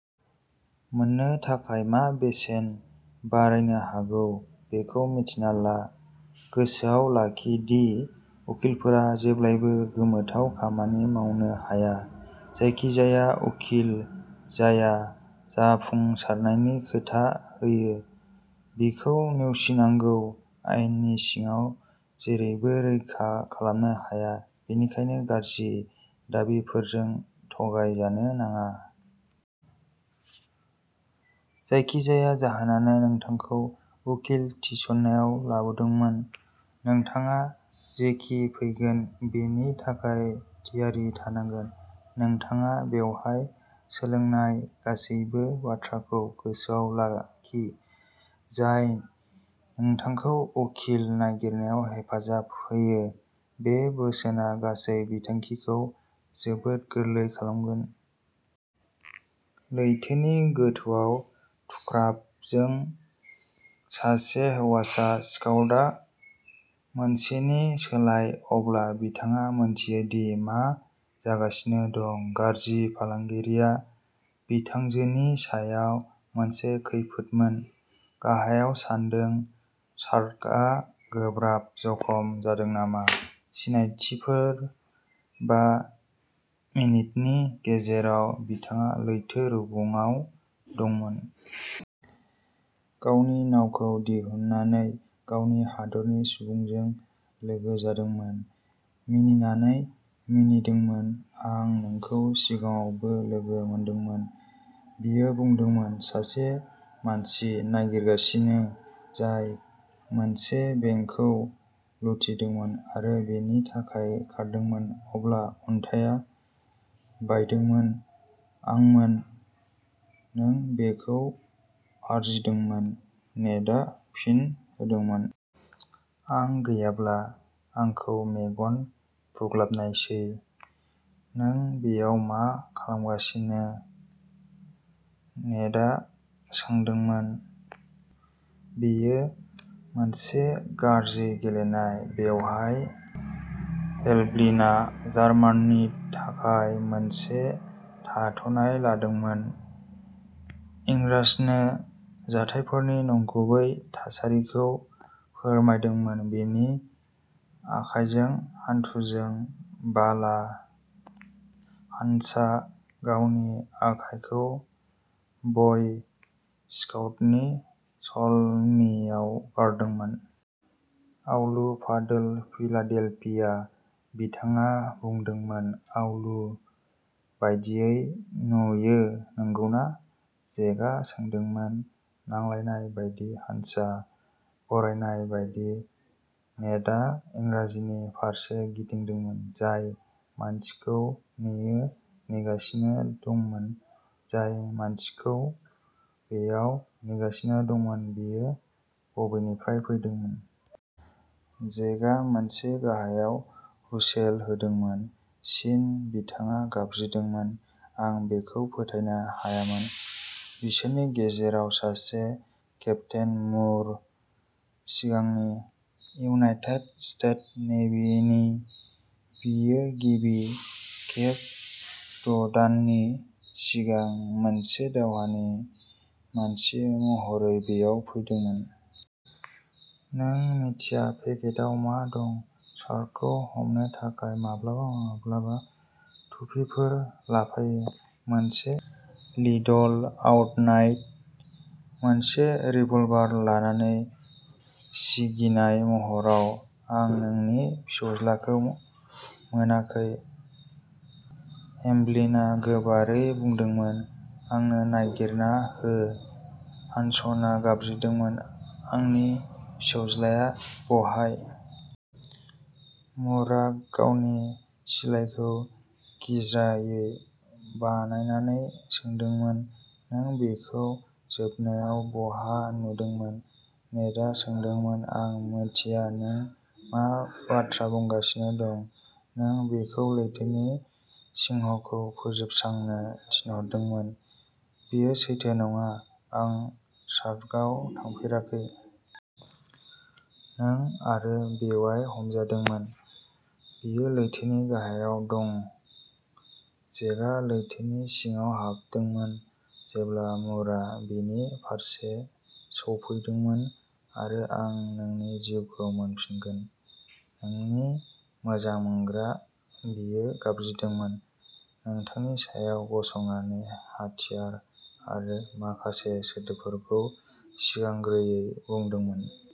मोन्नो थाखाय। मा बेसेन बारायनो हागौ बेखौ मिन्थिना ला। गोसोआव लाखि दि उखिलफोरा जेब्लाबो गोमोथाव खामानि मावनो हाया। जायखिजाया उखिल जाया जाफुंसारनायनि खोथा होयो, बिखौ नेवसिनांगौ। आयेननि सिङाव जेबो रोखा खालामनो हाया, बेनिखायनो गाज्रि दाबिफोरजों थगायजानो नाङा। जायखिजाया जाहोनानो नोंथांखौ उखिल थिसननायाव लाबोदोंमोन, नोंथाङा जेखि फैगोन बेनि थाखाय थियारि थानांगौ। नोंथाङा बेवहाय सोलोंनाय गासैबो बाथ्राखौ गोसोआव लाखि, जाय नोंथांखौ उखिल नागिरनायाव हेफाजाब होयो। बे बोसोनआ गासै बिखान्थिखौ जोबोद गोरलै खालामगोन। लैथोनि गोथौआव "थुख्राब" जों सासे हौवासा स्काउटा। मोनसेनि सोलायै। अब्ला बिथाङा मिन्थियो दि मा जागासिनो दं। गाज्रि फालांगिरिया बिथांजोनि सायाव मोनसे खैदीमोन। "गाहायाव। सानदों शार्कआ गोब्राब जखम जादों नामा?" सिनायथिफोर। बा मिनिटनि गेजेराव बिथाङा लैथो रुगुंआव दंमोन। गावनि नावखौ दिहुननानै गावनि हादोरनि सुबुंजों लोगो जादोंमोन। "मिनिनानै मिनिदोंमोन। "आं नोंखौ सिगाङावबो लोगो मोनदोंमोन!" बियो बुंदोंमोन। सासे मानसि नागिरगासिनो जाय मोनसे बेंकखौ लुथिदोंमोन आरो'बेनि थाखाय खारदोंमोन'। अब्ला अन्थाइआ बायदोंमोन आंमोन। "" नों बेखौ आरजिदोंमोन ", नेडआ फिन होदोंमोन। आं गैयाब्ला आंखौ मेगन बुग्लाबनायसै।" "नों बेयाव मा खालामगासिनो?" नेडआ सोंदोंमोन। "बेयो मोनसे गाज्रि गेलेनाय, बेवहाय।" हेमब्लिना जार्माननि थाखाय मोनसे थाद'नाय लादोंमोन। इंराजनो जाथायफोरनि नंगुबै थासारिखौ फोरमायदोंमोन। बिनि आखाइजों हान्थुजों बाला। हान्सा गावनि आखायखौ बय स्काउटनि सलमीआव गारदोंमोन। "आउलु पाड'ल, फिलाडेल्फिया!" बिथाङा बुंदोंमोन। "आउलु बायदियै नुयो, नंगौना?" जेकआ सोंदोंमोन। नांलायनाय बायदि, हान्सा बरनायनाय बायदि। नेडआ इंराजनि फारसे गिदिंदोंमोन। जाय मानसिखौ बियो ने नेगासिनो दंमोन? "" जाय मानसिखौ बेयाव नेगासिनो दंमोन बियो बबेनिफ्राय फैदोंमोन? "जेकआ मोनसे गाहायाव हुइसेल होदोंमोन।" चीन! "बिथाङा गाबज्रिदोंमोन।" आं बेखौ फोथायनो हायामोन। "" बिसोरनि गेजेराव सासे-- केप्टेन मुर, सिगांनि इउनाइटेड स्टेट्स नेभिनि, " "बियो गिबि खेब द'दाननि सिगां मोनसे दावहानि मानसि महरै बेयाव फैदोंमोन।" "नों मिथिया पेकेटआव मा दं?" "शार्कखौ हमनो थाखाय!" माब्लाबा-माब्लाबा थुफिफोर लाफायो। मोनसे लिडल आउड्ट नाय! "मोनसे रिभलभार लानानै सिगिनाय महराव।" आं नोंनि फिसौज्लाखौ मोनाखै! "हेमब्लिना गोबारै बुंदोंमोन।" आंनो नागिरना हो! "हानसआ गाबज्रिदोंमोन।" आंनि फिसौज्लाआ बहाय? "मुरआ गावनि सिलाइखौ गिज्राङै बारायनानै सोंदोंमोन।" नों बिखौ जोबनायाव बहा नुदोंमोन? "नेडआ सोंदोंमोन।" आं मिथिया नों मा बाथ्रा बुंगासिनो दं। "" नों बिखौ लैथोनि सिंहखौ फोजोबस्रांनो थिनहरदोंमोन। "" बेयो सैथो नङा। आं शार्कआव थाफेराखै। "नों आरो बेयाव हमजादोंमोन।" "बियो लैथोनि गाहायाव दं!" जेकआ लैथोनि सिङाव हाबदोंमोन जेब्ला मुरआ बिनि फारसे सौफैदोंमोन। आरो आं नोंनि जिउखौ मोनफिनगोन। "" नोंनि मोजां मोनग्रा! "बियो गाबज्रिदोंमोन, नोंथांनि सायाव गसंनानै। हाथियार आरो माखासे सोदोबफोरखौ सिगांग्रोङै बुंदोंमोन।